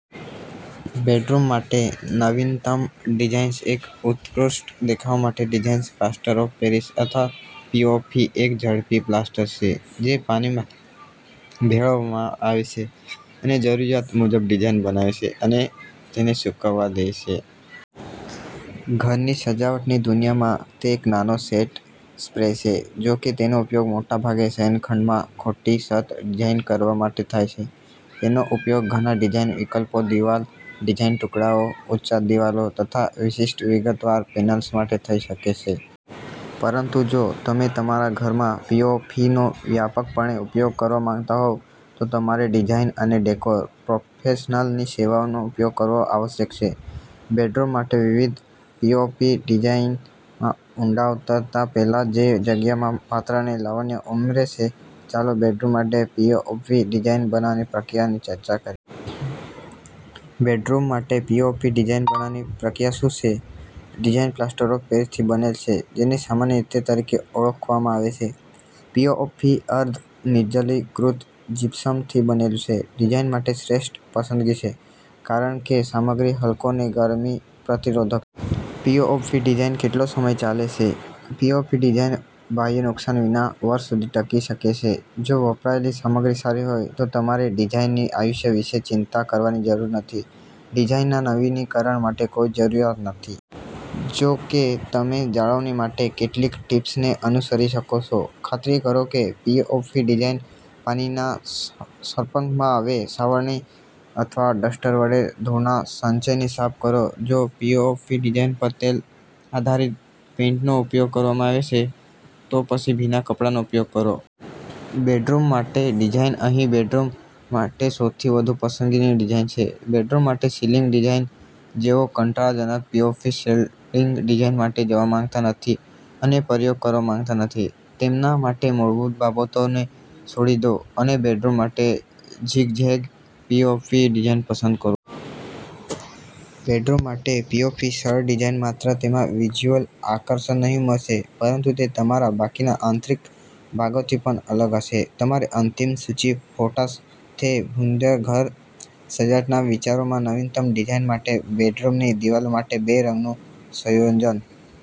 Bedroom માટે નવીનતમ designs એક ઉત્કૃષ્ટ દેખાવ માટે ડિઝાઇન્સ પ્લાસ્ટર ઓફ પેરિસ અથવા પીઓપી એક ઝડપી પ્લાસ્ટર છે જે પાણીમાં ભેળવવામાં આવે છે અને જરૂરિયાત મુજબ ડિઝાઇન બનાવે છે અને તેને સૂકવવા દે છે. ઘરની સજાવટની દુનિયામાં તે એક નાનો સેટ સ્પ્રે છે. જો કે તેનો ઉપયોગ મોટાભાગે શયનખંડમાં ખોટી છત ડિઝાઇન કરવા માટે થાય છે, તેનો ઉપયોગ ઘણા ડિઝાઇન વિકલ્પો દિવાલ ડિઝાઇન ટુકડાઓ, ઉચ્ચાર દિવાલો તથા વિશિષ્ટ વિગતવાર પેનલ્સ માટે થઈ શકે છે. પરંતુ જો તમે તમારા ઘરમાં પીઓપીનો વ્યાપકપણે ઉપયોગ કરવા માંગતા હોવ તો તમારે ડિઝાઇન અને ડેકોર પ્રોફેશનલ્સની સેવાઓનો ઉપયોગ કરવો આવશ્યક છે. બેડરૂમ માટે વિવિધ પીઓપી ડિઝાઇનમાં ઊંડા ઉતરતા પહેલા, જે જગ્યામાં પાત્ર અને લાવણ્ય ઉમેરે છે, ચાલો બેડરૂમ માટે પીઓપી ડિઝાઇન બનાવવાની પ્રક્રિયાની ચર્ચા કર બેડરૂમ માટે પીઓપી ડિઝાઇન બનાવવાની પ્રક્રિયા શું છે? ડિઝાઇન પ્લાસ્ટર ઑફ પેરિસથી બનેલી છે જેને સામાન્ય રીતે તરીકે ઓળખવામાં આવે છે. પીઓપી અર્ધ નિર્જલીકૃત જીપ્સમથી બનેલું છે. ડિઝાઇન માટે શ્રેષ્ઠ પસંદગી છે કારણ કે સામગ્રી હલકો ને ગરમી પ્રતિરોધક પીઓફી ડિઝાઇન કેટલો સમય ચાલે છે? પીઓફી ડિઝાઇન બાહ્ય નુકસાન વિના વર્ષ સુધી ટકી શકે છે. જો વપરાયેલી સામગ્રી સારી હોય તો તમારે ડિઝાઇનની આયુષ્ય વિશે ચિંતા કરવાની જરૂર નથી. ડિઝાઇનના નવીનીકરણ માટે કોઈ જરૂરિયાત નથી. જો કે, તમે જાળવણી માટે કેટલીક ટીપ્સને અનુસરી શકો છો. ખાતરી કરો કે પીઓફી ડિઝાઇન પાણીના સપક માં આવે સાવરણી અથવા ડસ્ટર વડે ધૂળના સંચયને સાફ કરો જો પીઓફી ડિઝાઇન પર તેલ આધારિત પેઇન્ટનો ઉપયોગ કરવામાં આવે છે, તો પછી ભીના કપડાનો ઉપયોગ કરો. બેડરૂમ માટે ડિઝાઇન અહીં બેડરૂમ માટે સૌથી વધુ પસંદગીની ડિઝાઇન છે બેડરૂમ માટે સીલિંગ ડિઝાઇન. જેઓ કંટાળાજનક પીઓફી સેલિંગ ડિઝાઇન માટે જવા માંગતા નથી અને પ્રયોગ કરવા માંગતા નથી, તેમના માટે મૂળભૂત બાબતોને છોડી દો અને બેડરૂમ માટે ઝિગ ઝેગ પીઓફી ડિઝાઇન પસંદ કરો. બેડરૂમ માટે પીઓફી સરળ ડિઝાઇન માત્ર તેમાં વિઝ્યુઅલ આકર્ષણ નહીં ઉમેરશે પરંતુ તે તમારા બાકીના આંતરિક ભાગોથી પણ અલગ હશે. તમારી અંતિમ સૂચિ, ફોટા થે ભૂમધ્ય ઘર સજાવટના વિચારોમાં નવીનતમ ડિઝાઇન માટે બેડરૂમની દિવાલો માટે બે રંગનું સંયોજન.